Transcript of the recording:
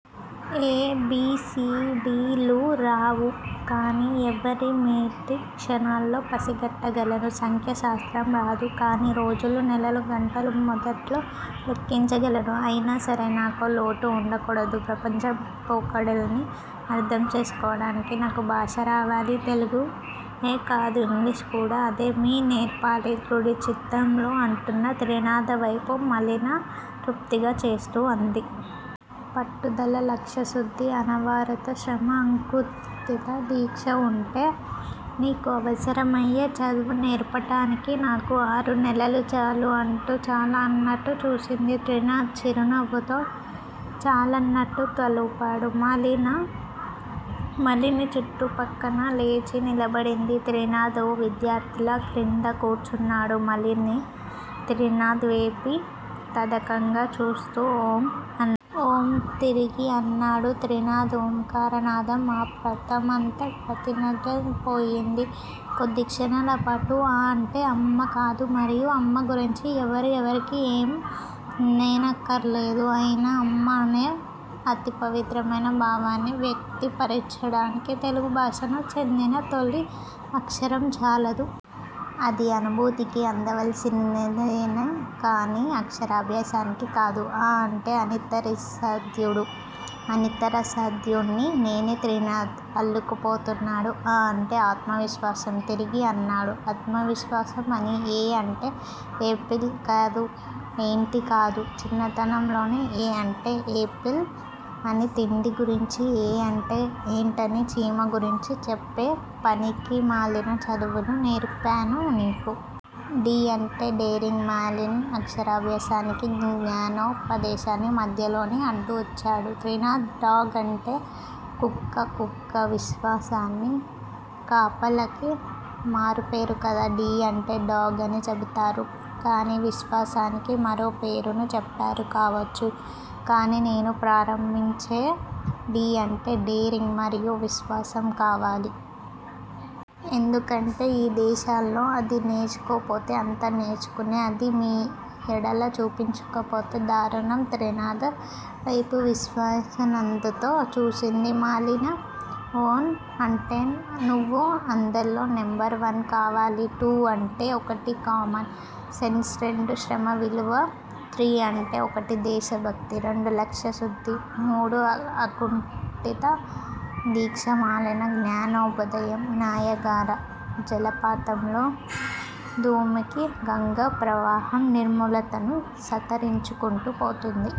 ఏ-బి-సి-డి-లు రావు. కాని ఎవ్వరేమిటో క్షణాల్లో పసిగట్టగలను. సంఖ్యా శాస్త్రం రాదు. కాని రోజులు- నెలలు- గంటలు- మొదటలోలెక్కించగలను. అయినాసరే నాకా లోటు వుండకూడదు. ప్రపంచం పోకడల్ని అర్ధం చేసుకోవటానికి నాకు భాషరావాలి. తెలుగే కాదు ఇంగ్లీషు కూడా. అది మీరే నేర్పాలి- దృఢచిత్తంతో అంటున్న త్రినాథవైపు మాలిని తృప్తిగా చూస్తూ అంది. పట్టుదల, లక్ష్యశుద్ధి, అనవరతపు శ్రమ, అకుంటిత దీక్ష వుంటే నీకు అవసరమయ్యే చదువు నేర్పటానికి నాకు ఆరునెలలు చాలు- అంటూ చాలా అన్నట్టు చూసింది. త్రినాథ్ చిరునవ్వుతో చాలన్నట్టు తలూపాడు. మాలిని చటుక్కున లేచి నిలబడింది. త్రినాథ్ ఓ విద్యార్ధిలా క్రింద కూర్చున్నాడు. మాలిని త్రినాథ్ వేపే తదేకంగా చూస్తూ ఓం- అంది. ఓం- తిరిగి అన్నాడు త్రినాథ్- ఆ ఓంకారనాదం ఆ ప్రాంతమంతా ప్రతిధ్వనించిపోయింది కొద్దిక్షణాలపాటు. అ అంటే అమ్మకాదు మరి-? అమ్మ గురించి ఎవరూ ఎవరికీ ఏమీ నేరేక్కర్లేదు. అయినా 'అమ్మ' అనే అతి పవిత్రమైన భావాన్ని వ్యక్తపర్చటానికి తెలుగు భాషకు చెందిన తొలి అక్షరం చాలదు. అది అనుభూతికి అందవలసినదే కాని అక్షరాభ్యాసానికి కాదు. 'అ' అంటే అనితరసాధ్యుడు- అనితరసాధ్యుడ్ని నేనే త్రినాథ్ అల్లుకుపోతున్నాడు. అ- అంటే ఆత్మవిశ్వాసం. తిరిగి అన్నాడు ఆత్మవిశ్వాసం అని. ఎ అంటే ఏపిల్ కాదు. ఏంట్ కాదు. చిన్నతనంలోనే 'ఏ' అంటే ఏపిల్ అని తిండి గురించి, ఏ అంటే ఏంటని చీమ గురించి చెప్పే పనికిమాలిన చదువులు నేర్పను నీకు. 'డి' అంటే డేరింగ్ మాలిని అక్షరాభ్యాసానికి, జ్ఞానోపదేశానికి మధ్యలోనే అడ్డొచ్చాడు త్రినాథ్. డాగ్ అంటే కుక్క. కుక్క విశ్వాసానికి, కాపలాకి మారుపేరు కదా? డి అంటే డాగ్ అనే చెబుతారు కాని విశ్వాసానికి మారుపేరని చెప్పరు. కావచ్చు. కాని నేను ప్రారంభించే 'డి' అంటే డేరింగ్ మరియు విశ్వాసం కావాలి. ఎందుకంటే, ఈ దశలోనే అది నేర్చుకోకపోతే అంతా నేర్చుకుని అది మీ ఎడల చూపించకపోతే దారుణం. త్రినాథ్ వేపు విస్మయానందంతో చూసింది మాలిని. ఒన్ అంటే నువ్వు అందరిలో నెంబర్ వన్ కావాలి. టూ అంటే ఒకటి కామన్ సెన్స్, రెండు శ్రమ విలువ, త్రీ అంటే ఒకటి దేశభక్తి, రెండు లక్ష్యశుద్ధి, మూడి అకుంఠిత దీక్ష మాలిని జ్ఞానబోధ నయాగరా జలపాతంలా దుమికి, గంగా ప్రవాహ నిర్మలతను సంతరించుకుంటూ పోతోంది.